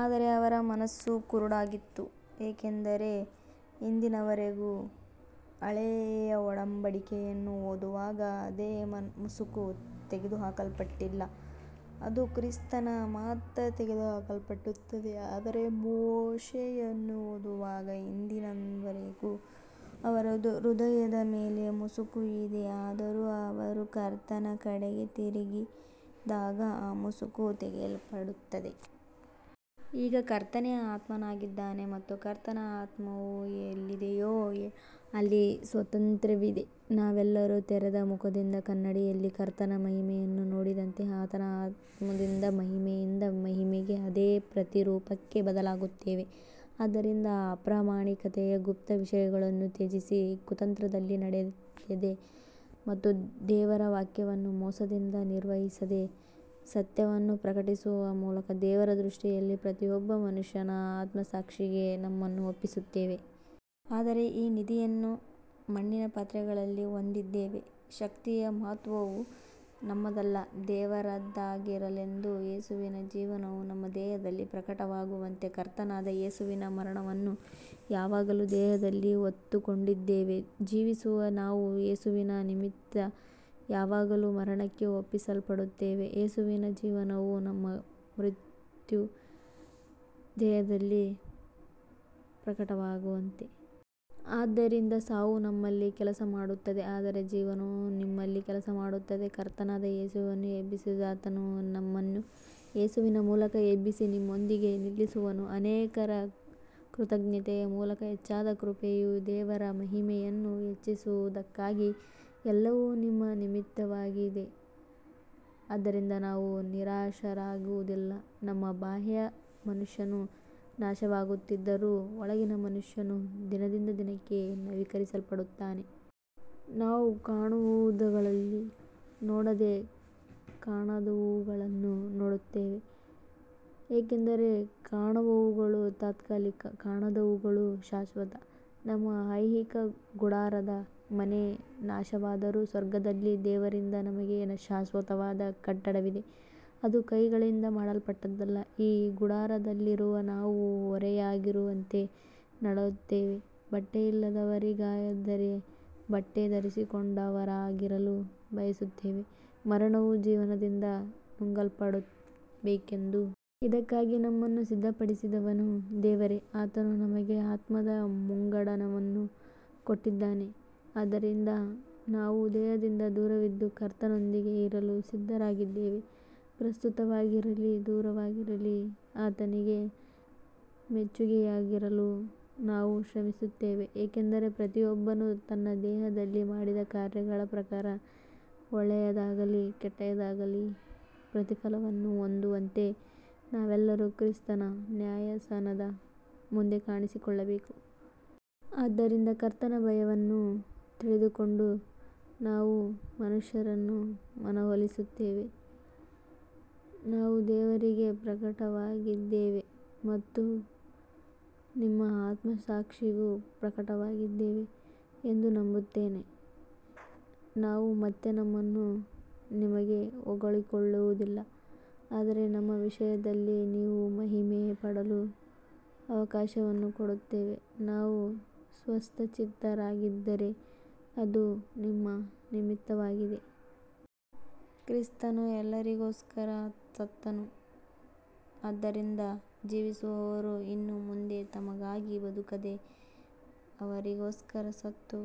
ಆದರೆ ಅವರ ಮನಸ್ಸು ಕುರುಡಾಗಿತ್ತು, ಏಕೆಂದರೆ ಇಂದಿನವರೆಗೂ ಹಳೆಯ ಒಡಂಬಡಿಕೆಯನ್ನು ಓದುವಾಗ ಅದೇ ಮುಸುಕು ತೆಗೆದುಹಾಕಲ್ಪಟ್ಟಿಲ್ಲ, ಅದು ಕ್ರಿಸ್ತನಲ್ಲಿ ಮಾತ್ರ ತೆಗೆದುಹಾಕಲ್ಪಡುತ್ತದೆ. ಆದರೆ ಮೋಶೆಯನ್ನು ಓದುವಾಗ ಇಂದಿನವರೆಗೂ ಅವರ ಹೃದಯದ ಮೇಲೆ ಮುಸುಕು ಇದೆ. ಆದರೂ ಅವರು ಕರ್ತನ ಕಡೆಗೆ ತಿರುಗಿದಾಗ ಆ ಮುಸುಕು ತೆಗೆಯಲ್ಪಡುತ್ತದೆ. ಈಗ ಕರ್ತನೇ ಆತ್ಮನಾಗಿದ್ದಾನೆ ಮತ್ತು ಕರ್ತನ ಆತ್ಮವು ಎಲ್ಲಿದೆಯೋ ಅಲ್ಲಿ ಸ್ವಾತಂತ್ರ್ಯವಿದೆ. ನಾವೆಲ್ಲರೂ ತೆರೆದ ಮುಖದಿಂದ ಕನ್ನಡಿಯಲ್ಲಿ ಕರ್ತನ ಮಹಿಮೆಯನ್ನು ನೋಡಿದಂತೆ ಆತನ ಆತ್ಮದಿಂದ ಮಹಿಮೆಯಿಂದ ಮಹಿಮೆಗೆ ಅದೇ ಪ್ರತಿರೂಪಕ್ಕೆ ಬದಲಾಗುತ್ತೇವೆ. ಆದ್ದರಿಂದ ಅಪ್ರಾಮಾಣಿಕತೆಯ ಗುಪ್ತ ವಿಷಯಗಳನ್ನು ತ್ಯಜಿಸಿ, ಕುತಂತ್ರದಲ್ಲಿ ನಡೆಯದೆ ಮತ್ತು ದೇವರ ವಾಕ್ಯವನ್ನು ಮೋಸದಿಂದ ನಿರ್ವಹಿಸದೆ, ಸತ್ಯವನ್ನು ಪ್ರಕಟಿಸುವ ಮೂಲಕ ದೇವರ ದೃಷ್ಟಿಯಲ್ಲಿ ಪ್ರತಿಯೊಬ್ಬ ಮನುಷ್ಯನ ಆತ್ಮಸಾಕ್ಷಿಗೆ ನಮ್ಮನ್ನು ಒಪ್ಪಿಸುತ್ತೇವೆ. ಆದರೆ ಈ ನಿಧಿಯನ್ನು ಮಣ್ಣಿನ ಪಾತ್ರೆಗಳಲ್ಲಿ ಹೊಂದಿದ್ದೇವೆ, ಶಕ್ತಿಯ ಮಹತ್ವವು ನಮ್ಮದಲ್ಲ ದೇವರದ್ದಾಗಿರಲೆಂದು. ಯೇಸುವಿನ ಜೀವನವು ನಮ್ಮ ದೇಹದಲ್ಲಿ ಪ್ರಕಟವಾಗುವಂತೆ ಕರ್ತನಾದ ಯೇಸುವಿನ ಮರಣವನ್ನು ಯಾವಾಗಲೂ ದೇಹದಲ್ಲಿ ಹೊತ್ತುಕೊಂಡಿದ್ದೇವೆ. ಜೀವಿಸುವ ನಾವು ಯೇಸುವಿನ ನಿಮಿತ್ತ ಯಾವಾಗಲೂ ಮರಣಕ್ಕೆ ಒಪ್ಪಿಸಲ್ಪಡುತ್ತೇವೆ, ಯೇಸುವಿನ ಜೀವನವು ನಮ್ಮ ಮರ್ತ್ಯ ದೇಹದಲ್ಲಿ ಪ್ರಕಟವಾಗುವಂತೆ. ಆದ್ದರಿಂದ ಸಾವು ನಮ್ಮಲ್ಲಿ ಕೆಲಸಮಾಡುತ್ತದೆ, ಆದರೆ ಜೀವನವು ನಿಮ್ಮಲ್ಲಿ ಕೆಲಸಮಾಡುತ್ತದೆ. ಕರ್ತನಾದ ಯೇಸುವನ್ನು ಎಬ್ಬಿಸಿದಾತನು ನಮ್ಮನ್ನೂ ಯೇಸುವಿನ ಮೂಲಕ ಎಬ್ಬಿಸಿ ನಿಮ್ಮೊಂದಿಗೆ ನಿಲ್ಲಿಸುವನು. ಅನೇಕರ ಕೃತಜ್ಞತೆಯ ಮೂಲಕ ಹೆಚ್ಚಾದ ಕೃಪೆಯು ದೇವರ ಮಹಿಮೆಯನ್ನು ಹೆಚ್ಚಿಸುವುದಕ್ಕಾಗಿ ಎಲ್ಲವೂ ನಿಮ್ಮ ನಿಮಿತ್ತವಾಗಿದೆ. ಆದ್ದರಿಂದ ನಾವು ನಿರಾಶರಾಗುವುದಿಲ್ಲ. ನಮ್ಮ ಬಾಹ್ಯ ಮನುಷ್ಯನು ನಾಶವಾಗುತ್ತಿದ್ದರೂ ಒಳಗಿನ ಮನುಷ್ಯನು ದಿನದಿಂದ ದಿನಕ್ಕೆ ನವೀಕರಿಸಲ್ಪಡುತ್ತಾನೆ. ನಾವು ಕಾಣುವವುಗಳನ್ನು ನೋಡದೆ ಕಾಣದವುಗಳನ್ನು ನೋಡುತ್ತೇವೆ, ಏಕೆಂದರೆ ಕಾಣುವವುಗಳು ತಾತ್ಕಾಲಿಕ, ಕಾಣದವುಗಳು ಶಾಶ್ವತ. ನಮ್ಮ ಐಹಿಕ ಗುಡಾರದ ಮನೆ ನಾಶವಾದರೂ ಸ್ವರ್ಗದಲ್ಲಿ ದೇವರಿಂದ ನಮಗೆ ಶಾಶ್ವತವಾದ ಕಟ್ಟಡವಿದೆ, ಅದು ಕೈಗಳಿಂದ ಮಾಡಲ್ಪಟ್ಟದ್ದಲ್ಲ. ಈ ಗುಡಾರದಲ್ಲಿರುವ ನಾವು ಹೊರೆಯಾಗಿರುವಂತೆ ನರಳುತ್ತೇವೆ, ಬಟ್ಟೆಯಿಲ್ಲದವರಾಗಿರದೆ ಬಟ್ಟೆ ಧರಿಸಿಕೊಂಡವರಾಗಿರಲು ಬಯಸುತ್ತೇವೆ, ಮರಣವು ಜೀವನದಿಂದ ನುಂಗಲ್ಪಡಬೇಕೆಂದು. ಇದಕ್ಕಾಗಿ ನಮ್ಮನ್ನು ಸಿದ್ಧಪಡಿಸಿದವನು ದೇವರೇ, ಆತನು ನಮಗೆ ಆತ್ಮದ ಮುಂಗಡವನ್ನು ಕೊಟ್ಟಿದ್ದಾನೆ. ಆದ್ದರಿಂದ ನಾವು ದೇಹದಿಂದ ದೂರವಿದ್ದು ಕರ್ತನೊಂದಿಗೆ ಇರಲು ಸಿದ್ಧರಾಗಿದ್ದೇವೆ. ಪ್ರಸ್ತುತವಾಗಿರಲಿ ದೂರವಾಗಿರಲಿ, ಆತನಿಗೆ ಮೆಚ್ಚಿಗೆಯಾಗಿರಲು ನಾವು ಶ್ರಮಿಸುತ್ತೇವೆ. ಏಕೆಂದರೆ ಪ್ರತಿಯೊಬ್ಬನು ತನ್ನ ದೇಹದಲ್ಲಿ ಮಾಡಿದ ಕಾರ್ಯಗಳ ಪ್ರಕಾರ, ಒಳ್ಳೆಯದಾಗಲಿ ಕೆಟ್ಟದಾಗಲಿ, ಪ್ರತಿಫಲವನ್ನು ಹೊಂದುವಂತೆ ನಾವೆಲ್ಲರೂ ಕ್ರಿಸ್ತನ ನ್ಯಾಯಾಸನದ ಮುಂದೆ ಕಾಣಿಸಿಕೊಳ್ಳಬೇಕು. ಆದ್ದರಿಂದ ಕರ್ತನ ಭಯವನ್ನು ತಿಳಿದುಕೊಂಡು ನಾವು ಮನುಷ್ಯರನ್ನು ಮನವೊಲಿಸುತ್ತೇವೆ. ನಾವು ದೇವರಿಗೆ ಪ್ರಕಟವಾಗಿದ್ದೇವೆ ಮತ್ತು ನಿಮ್ಮ ಆತ್ಮಸಾಕ್ಷಿಗೂ ಪ್ರಕಟವಾಗಿದ್ದೇವೆ ಎಂದು ನಂಬುತ್ತೇನೆ. ನಾವು ಮತ್ತೆ ನಮ್ಮನ್ನು ನಿಮಗೆ ಹೊಗಳಿಕೊಳ್ಳುವುದಿಲ್ಲ, ಆದರೆ ನಮ್ಮ ವಿಷಯದಲ್ಲಿ ನೀವು ಮಹಿಮೆಪಡಲು ಅವಕಾಶವನ್ನು ಕೊಡುತ್ತೇವೆ. ನಾವು ಸ್ವಸ್ಥಚಿತ್ತರಾಗಿದ್ದರೆ ಅದು ನಿಮ್ಮ ನಿಮಿತ್ತವಾಗಿದೆ. ಕ್ರಿಸ್ತನು ಎಲ್ಲರಿಗೋಸ್ಕರ ಸತ್ತನು, ಆದ್ದರಿಂದ ಜೀವಿಸುವವರು ಇನ್ನು ಮುಂದೆ ತಮಗಾಗಿ ಬದುಕದೆ, ಅವರಿಗೋಸ್ಕರ ಸತ್ತು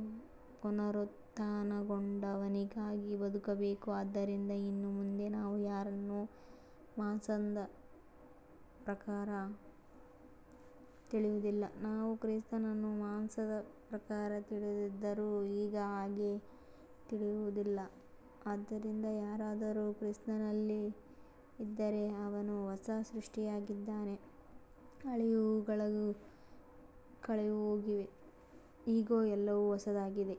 ಪುನರುತ್ಥಾನಗೊಂಡವನಿಗಾಗಿ ಬದುಕಬೇಕು. ಆದ್ದರಿಂದ ಇನ್ನು ಮುಂದೆ ನಾವು ಯಾರನ್ನೂ ಮಾಂಸದ ಪ್ರಕಾರ ತಿಳಿಯುವುದಿಲ್ಲ. ನಾವು ಕ್ರಿಸ್ತನನ್ನು ಮಾಂಸದ ಪ್ರಕಾರ ತಿಳಿದಿದ್ದರೂ ಈಗ ಹಾಗೆ ತಿಳಿಯುವುದಿಲ್ಲ. ಆದ್ದರಿಂದ ಯಾರಾದರೂ ಕ್ರಿಸ್ತನಲ್ಲಿ ಇದ್ದರೆ ಅವನು ಹೊಸ ಸೃಷ್ಟಿಯಾಗಿದ್ದಾನೆ, ಹಳೆಯವುಗಳು ಕಳೆದುಹೋಗಿವೆ, ಇಗೋ ಎಲ್ಲವೂ ಹೊಸದಾಗಿವೆ.